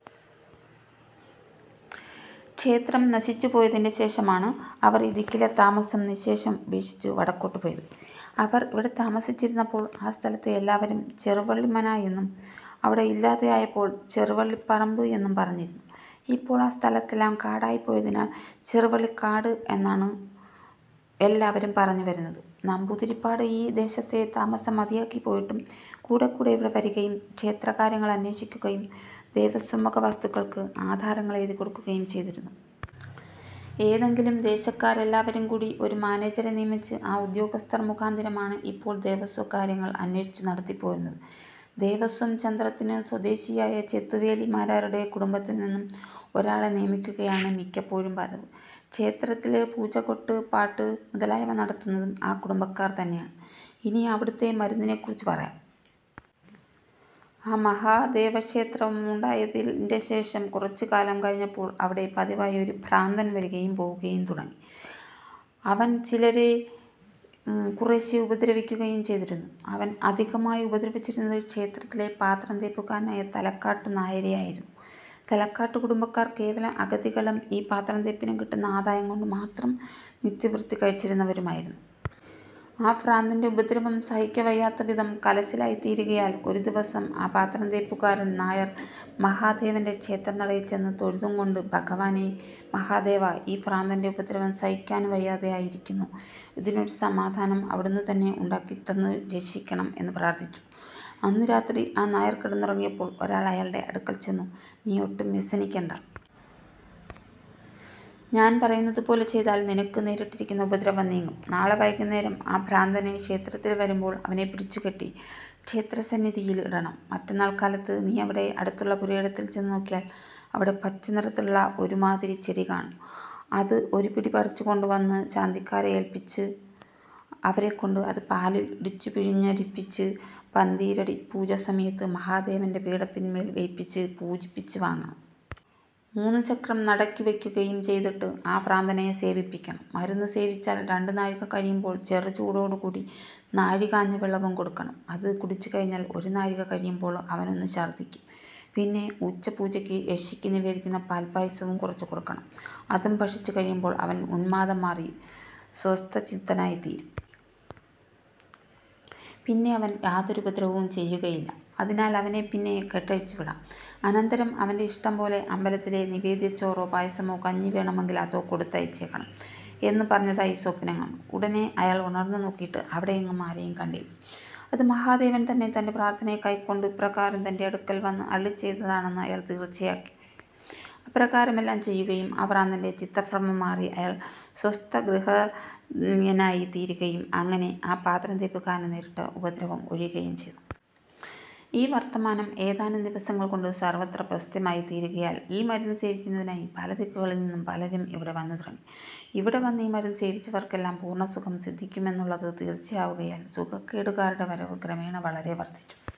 ക്ഷേത്രം നശിച്ചുപോയതിന്റെ ശേഷമാണ് അവർ ഈ ദിക്കിലെത്താമസം നിശ്ശേഷം ഉപേക്ഷിച്ചു വടക്കോട്ടു പോയത്. അവർ ഇവിടെത്താമസിച്ചിരുന്നപ്പോൾ ആ സ്ഥലത്തെ എല്ലാവരും ചെറുവള്ളി മന എന്നും അവിടെ ഇല്ലമില്ലാതെയായപ്പോൾ ചെറുവള്ളിപ്പറമ്പ് എന്നും പറഞ്ഞിരുന്നു. ഇപ്പോൾ ആ സ്ഥലത്തെല്ലാം കാടായിപ്പോയതിനാൽ ചെറുവള്ളിക്കാട് എന്നാണ് എല്ലാവരും പറഞ്ഞുവരുന്നത്. നമ്പൂരിപ്പാട് ഈ ദേശത്തെ താമസം മതിയാക്കിപ്പോയിട്ടും കൂടെക്കൂടെ ഇവിടെ വരികയും ക്ഷേത്രകാര്യങ്ങളന്വേഷിക്കുകയും ദേവസ്വംവക വസ്തുക്കൾക്ക് ആധാരങ്ങൾ എഴുതിക്കൊടുക്കുകയും ചെയ്തിരുന്നു. ഏതെങ്കിലും, ദേശക്കാരെല്ലാവരും കൂടി ഒരു മാനേജരെ നിയമിച്ച് ആ ഉദ്യോഗസ്ഥർ മുഖാന്തിരമാണ് ഇപ്പോൾ ദേവസ്വകാര്യങ്ങൾ അന്വേഷിച്ച് നടത്തിപ്പോരുന്നത്. ദേവസ്വം 'ചന്ത്ര'ത്തിനു സ്വദേശിയായ ചെത്തുവേലി മാരാരുടെ കുടുംബത്തിൽനിന്ന് ഒരാളെ നിയമിക്കുകയാണ് മിക്കപ്പോഴും പതിവ്. ക്ഷേത്രത്തില് പൂജകൊട്ട്, പാട്ട് മുതലായവ നടത്തുന്നതും ആ കുടുംബക്കാർതന്നെയാണ്. ഇനി അവിടത്തെ മരുന്നിനെക്കുറിച്ചു പറയാം. ആ മഹാദേവക്ഷേത്രമുണ്ടായതിന്റെശേഷം കുറച്ചുകാലം കഴിഞ്ഞപ്പോൾ അവിടെ പതിവായി ഒരു ഭ്രാന്തൻ വരികയും പോവുകയും തുടങ്ങി. അവൻ ചിലരെ കുറേശ്ശെ ഉപദ്രവിക്കുകയും ചെയ്തിരുന്നു. അവൻ അധികമായി ഉപദ്രവിച്ചിരുന്നത് ക്ഷേത്രത്തിലെ പാത്രംതേപ്പുകാരനായ തലക്കാട്ടു നായരെയായിരുന്നു. തലക്കാട്ടു കുടുംബക്കാർ കേവലം അഗതികളും ഈ പാത്രംതേപ്പിനു കിട്ടുന്ന ആദായം കൊണ്ടുമാത്രം നിത്യവൃത്തി കഴിച്ചിരുന്നവരുമായിരുന്നു. ആ ഭ്രാന്തന്റെ ഉപദ്രവം സഹിക്കവയ്യാത്തവിധം കലശലായിത്തീരുകയാൽ ഒരു ദിവസം ആ പാത്രംതേപ്പുകാരൻ നായർ മഹാദേവന്റെ ക്ഷേത്രനടയിൽച്ചെന്നു തൊഴുതുംകൊണ്ട് "ഭഗവാനെ! മഹാദേവാ! ഈ ഭ്രാന്തന്റെ ഉപദ്രവം സഹിക്കാന് വയ്യാതെയായിരിക്കുന്നു. ഇതിനൊരു സമാധാനം അവിടുന്നുതന്നെ ഉണ്ടാക്കിത്തന്നു രക്ഷിക്കണം. " എന്നു പ്രാർഥിച്ചു. അന്നു രാത്രി ആ നായർ കിടന്നുറങ്ങിയപ്പോൾ ഒരാൾ അയാളുടെ അടുക്കൽച്ചെന്ന് "നീയൊട്ടും വ്യസനിക്കേണ്ട. ഞാന് പറയുന്നതുപോലെ ചെയ്താൽ നിനക്കുനേരിട്ടിരിക്കുന്ന ഉപദ്രവം നീങ്ങും. നാളെ വൈകുന്നേരം ആ ഭ്രാന്തന് ക്ഷേത്രത്തിൽ വരുമ്പോൾ അവനെ പിടിച്ചുകെട്ടി ക്ഷേത്രസന്നിധിയിൽ ഇടണം. മറ്റന്നാൾ കാലത്ത് നീയിവിടെ അടുത്തുള്ള പുരയിടത്തിൽ ചെന്നു നോക്കിയാൽ അവിടെ പച്ചനിറത്തിലുള്ള ഒരു മാതിരി ചെടി കാണും. അത് ഒരുപിടി പറിച്ചുകൊണ്ടുവന്ന് ശാന്തിക്കാരെ ഏൽപ്പിച്ച് അവരെക്കൊണ്ട് അതു പാലിൽ ഇടിച്ചു പിഴിഞ്ഞരിപ്പിച്ചു പന്തീരടിപ്പൂജസമയത്തു മഹാദേവന്റെ പീഠത്തിന്മേല് വെയ്പിച്ചു പൂജിപ്പിച്ചു വാങ്ങണം. മൂന്നു ചക്രം നടയ്ക്കു വെയ്ക്കുകയും ചെയ്തിട്ട് ആ ഭ്രാന്തനെ സേവിപ്പിക്കണം. മരുന്നു സേവിച്ചാൽ രണ്ടു നാഴിക കഴിയുമ്പോൾ ചെറുചൂടോടുകൂടി നാഴി കാഞ്ഞ വെള്ളവും കൊടുക്കണം. അതു കുടിച്ചുകഴിഞ്ഞാൽ ഒരു നാഴിക കഴിയുമ്പോള് അവനൊന്നു ഛർദ്ദിക്കും. പിന്നെ ഉച്ചപ്പൂജയ്ക്ക് യക്ഷിക്കു നിവേദിക്കുന്ന പാൽപ്പായസവും കുറച്ചു കൊടുക്കണം. അതും ഭക്ഷിച്ചുകഴിയുമ്പോൾ അവൻ ഉന്മാദം മാറി സ്വസ്ഥചിത്തനായിത്തീരും. പിന്നെ അവൻ യാതൊരുപദ്രവവും ചെയ്കയില്ല. അതിനാലവനെപ്പിന്നെ കെട്ടഴിച്ചുവിടാം. അനന്തരം അവന്റെ ഇഷ്ടംപോലെ അമ്പലത്തിലെ നിവേദ്യച്ചോറോ പായസമോ കഞ്ഞി വേണമെങ്കിൽ അതോ കൊടുത്തയച്ചേക്കണം" എന്നു പറഞ്ഞതായി സ്വപ്നം കണ്ടു. ഉടനെ അയാൾ ഉണർന്നു നോക്കീട്ട് അവിടെയെങ്ങും ആരെയും കണ്ടില്ല. ഇതു മഹാദേവൻതന്നെ തന്റെ പ്രാർഥനയെ കൈക്കൊണ്ട് ഇപ്രകാരം തന്റെ അടുക്കൽ വന്ന് അരുളിച്ചെയ്തതാണെന്ന് അയാൾ തീർച്ചയാക്കുകയും അപ്രകാരമെല്ലാം ചെയ്യുകയും ആ ഭ്രാന്തന്റെ ചിത്തഭ്രമം മാറി അയാൾ സ്വസ്ഥഹൃദയനായിത്തീരുകയും അങ്ങനെ ആ പാത്രംതേപ്പുകാരനു നേരിട്ടിരുന്ന ഉപദ്രവം ഒഴിയുകയും ചെയ്തു. ഈ വർത്തമാനം ഏതാനും ദിവസങ്ങൾകൊണ്ടു സർവ്വത്ര പ്രസിദ്ധമായിത്തീരുകയാൽ ഈ മരുന്നു സേവിക്കുന്നതിനായി പല ദിക്കുകളിൽനിന്നും പലരും ഇവിടെ വന്നുതുടങ്ങി. ഇവിടെ വന്ന് ഈ മരുന്ന് സേവിച്ചവർക്കെല്ലാം പൂർണ്ണസുഖം സിദ്ധിക്കുമെന്നുള്ളതു തീർച്ചയാവുകയാൽ സുഖക്കേടുകാരുടെ വരവ് ക്രമേണ വളരെ വർധിച്ചു.